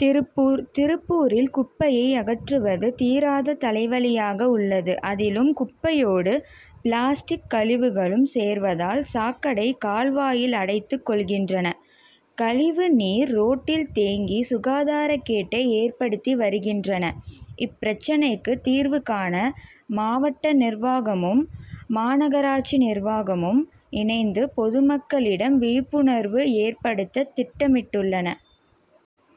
திருப்பூர் திருப்பூரில் குப்பையை அகற்றுவது தீராத தலைவலியாக உள்ளது. அதிலும் குப்பையோடு பிளாஸ்டிக் கழிவுகளும் சேர்வதால் சாக்கடை கால்வாயில் அடைத்துக் கொள்கின்றன. கழிவு நீர் ரோட்டில் தேங்கி சுகாதாரக்கேட்டை ஏற்படுத்தி வருகின்றன. இப்பிரச்னைக்கு தீர்வு காண மாவட்ட நிர்வாகமும் மாநகராட்சி நிர்வாகமும் இணைந்து பொதுமக்களிடம் விழிப்புணர்வு ஏற்படுத்த திட்டமிட்டுள்ளன.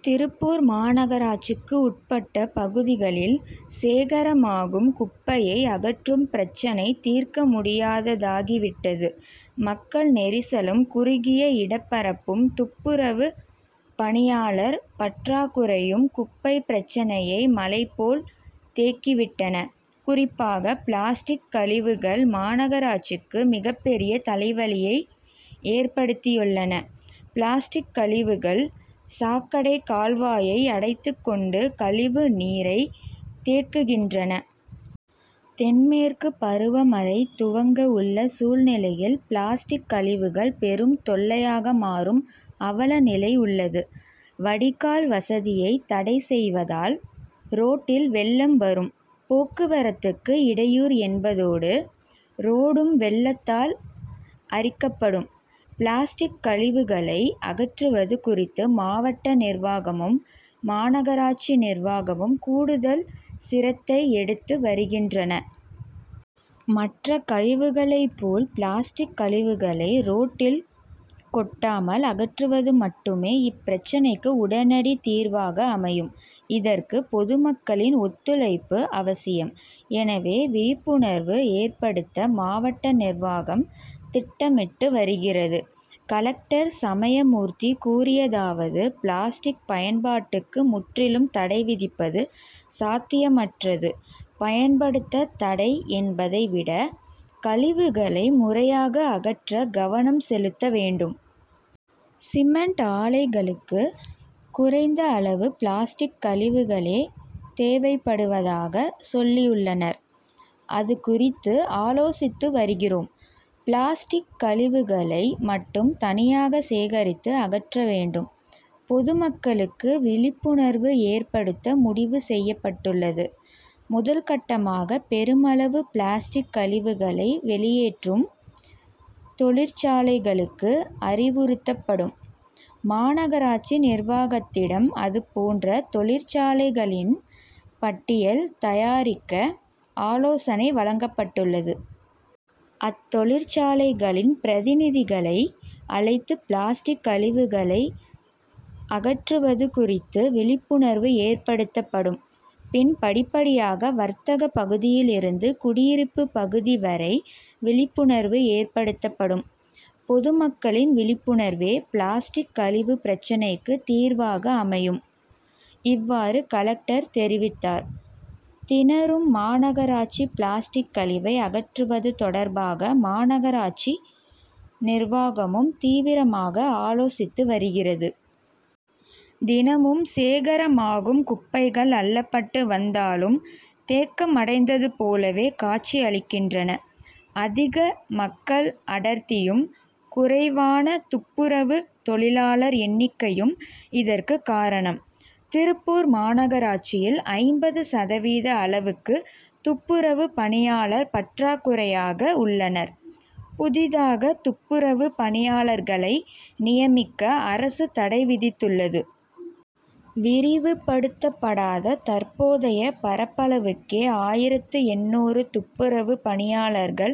திருப்பூர் மாநகராட்சிக்கு உட்பட்ட பகுதிகளில் சேகரமாகும் குப்பையை அகற்றும் பிரச்னை தீர்க்க முடியாததாகி விட்டது. மக்கள் நெரிசலும் குறுகிய இடப்பரப்பும் துப்புரவு பணியாளர் பற்றாக்குறையும் குப்பை பிரச்னையை மலைபோல் தேக்கி விட்டன. குறிப்பாக பிளாஸ்டிக் கழிவுகள் மாநகராட்சிக்கு மிகப்பெரிய தலைவலியை ஏற்படுத்தியுள்ளன. பிளாஸ்டிக் கழிவுகள் சாக்கடை கால்வாயை அடைத்துக் கொண்டு கழிவு நீரை தேக்குகின்றன. தென் மேற்கு பருவமழை துவங்க உள்ள சூழ்நிலையில் பிளாஸ்டிக் கழிவுகள் பெரும் தொல்லையாக மாறும் அவலநிலை உள்ளது. வடிகால் வசதியை தடை செய்வதால் ரோட்டில் வெள்ளம் வரும். போக்குவரத்துக்கு இடையூறு என்பதோடு ரோடும் வெள்ளத்தால் அரிக்கப்படும். பிளாஸ்டிக் கழிவுகளை அகற்றுவது குறித்து மாவட்ட நிர்வாகமும் மாநகராட்சி நிர்வாகமும் கூடுதல் சிரத்தை எடுத்து வருகின்றன. மற்ற கழிவுகளைப்போல் பிளாஸ்டிக் கழிவுகளை ரோட்டில் கொட்டாமல் அகற்றுவது மட்டுமே இப்பிரச்னைக்கு உடனடி தீர்வாக அமையும். இதற்கு பொதுமக்களின் ஒத்துழைப்பு அவசியம். எனவே விழிப்புணர்வு ஏற்படுத்த மாவட்ட நிர்வாகம் திட்டமிட்டு வருகிறது. கலெக்டர் சமயமூர்த்தி கூறியதாவது பிளாஸ்டிக் பயன்பாட்டுக்கு முற்றிலும் தடை விதிப்பது சாத்தியமற்றது பயன்படுத்த தடை என்பதை விட கழிவுகளை முறையாக அகற்ற கவனம் செலுத்த வேண்டும். சிமென்ட் ஆலைகளுக்கு குறைந்த அளவு பிளாஸ்டிக் கழிவுகளே தேவைப்படுவதாக சொல்லியுள்ளனர். அதுகுறித்து ஆலோசித்து வருகிறோம். பிளாஸ்டிக் கழிவுகளை மட்டும் தனியாக சேகரித்து அகற்ற வேண்டும். பொதுமக்களுக்கு விழிப்புணர்வு ஏற்படுத்த முடிவு செய்யப்பட்டுள்ளது. முதல்கட்டமாக பெருமளவு பிளாஸ்டிக் கழிவுகளை வெளியேற்றும் தொழிற்சாலைகளுக்கு அறிவுறுத்தப்படும். மாநகராட்சி நிர்வாகத்திடம் அதுபோன்ற தொழிற்சாலைகளின் பட்டியல் தயாரிக்க ஆலோசனை வழங்கப்பட்டுள்ளது. அத்தொழிற்சாலைகளின் பிரதிநிதிகளை அழைத்து பிளாஸ்டிக் கழிவுகளை அகற்றுவது குறித்து விழிப்புணர்வு ஏற்படுத்தப்படும். பின் படிப்படியாக வர்த்தக பகுதியில் இருந்து குடியிருப்பு பகுதி வரை விழிப்புணர்வு ஏற்படுத்தப்படும். பொதுமக்களின் விழிப்புணர்வே பிளாஸ்டிக் கழிவு பிரச்னைக்கு தீர்வாக அமையும். இவ்வாறு கலெக்டர் தெரிவித்தார். திணறும் மாநகராட்சி பிளாஸ்டிக் கழிவை அகற்றுவது தொடர்பாக மாநகராட்சி நிர்வாகமும் தீவிரமாக ஆலோசித்து வருகிறது. தினமும் சேகரமாகும் குப்பைகள் அள்ளப்பட்டு வந்தாலும் தேக்கமடைந்தது போலவே காட்சி அளிக்கின்றன. அதிக மக்கள் அடர்த்தியும் குறைவான துப்புரவு தொழிலாளர் எண்ணிக்கையும் இதற்கு காரணம். திருப்பூர் மாநகராட்சியில் ஐம்பது சதவீத அளவுக்கு துப்புரவு பணியாளர் பற்றாக்குறையாக உள்ளனர். புதிதாக துப்புரவு பணியாளர்களை நியமிக்க அரசு தடை விதித்துள்ளது. விரிவுபடுத்தப்படாத தற்போதைய பரப்பளவுக்கே ஆயிரத்து எண்ணூறு துப்புரவு பணியாளர்கள்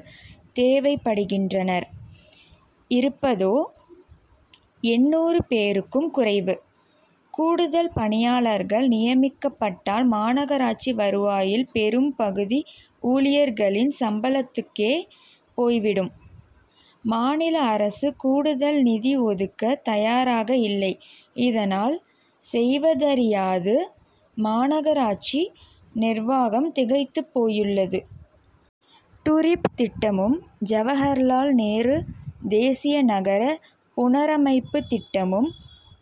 தேவைப்படுகின்றனர் இருப்பதோ எண்ணூறு பேருக்கும் குறைவு. கூடுதல் பணியாளர்கள் நியமிக்கப்பட்டால் மாநகராட்சி வருவாயில் பெரும் பகுதி ஊழியர்களின் சம்பளத்துக்கே போய்விடும். மாநில அரசு கூடுதல் நிதி ஒதுக்க தயாராக இல்லை. இதனால் செய்வதறியாது மாநகராட்சி நிர்வாகம் திகைத்துப் போயுள்ளது. டுரிப் திட்டமும் ஜவஹர்லால் நேரு தேசிய நகர புனரமைப்பு திட்டமும்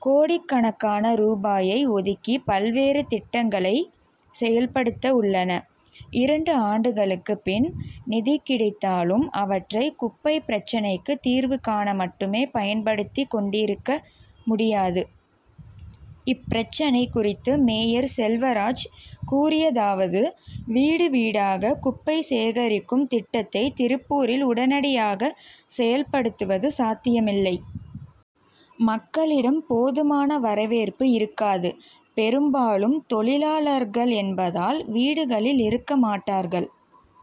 கோடிக்கணக்கான ரூபாயை ஒதுக்கி பல்வேறு திட்டங்களை செயல்படுத்த உள்ளன. இரண்டு ஆண்டுகளுக்கு பின் நிதி கிடைத்தாலும் அவற்றை குப்பை பிரச்னைக்கு தீர்வு காண மட்டுமே பயன்படுத்திக் கொண்டிருக்க முடியாது. இப்பிரச்னை குறித்து மேயர் செல்வராஜ் கூறியதாவது வீடு வீடாக குப்பை சேகரிக்கும் திட்டத்தை திருப்பூரில் உடனடியாக செயல்படுத்துவது சாத்தியமில்லை. மக்களிடம் போதுமான வரவேற்பு இருக்காது. பெரும்பாலும் தொழிலாளர்கள் என்பதால் வீடுகளில் இருக்க மாட்டார்கள்.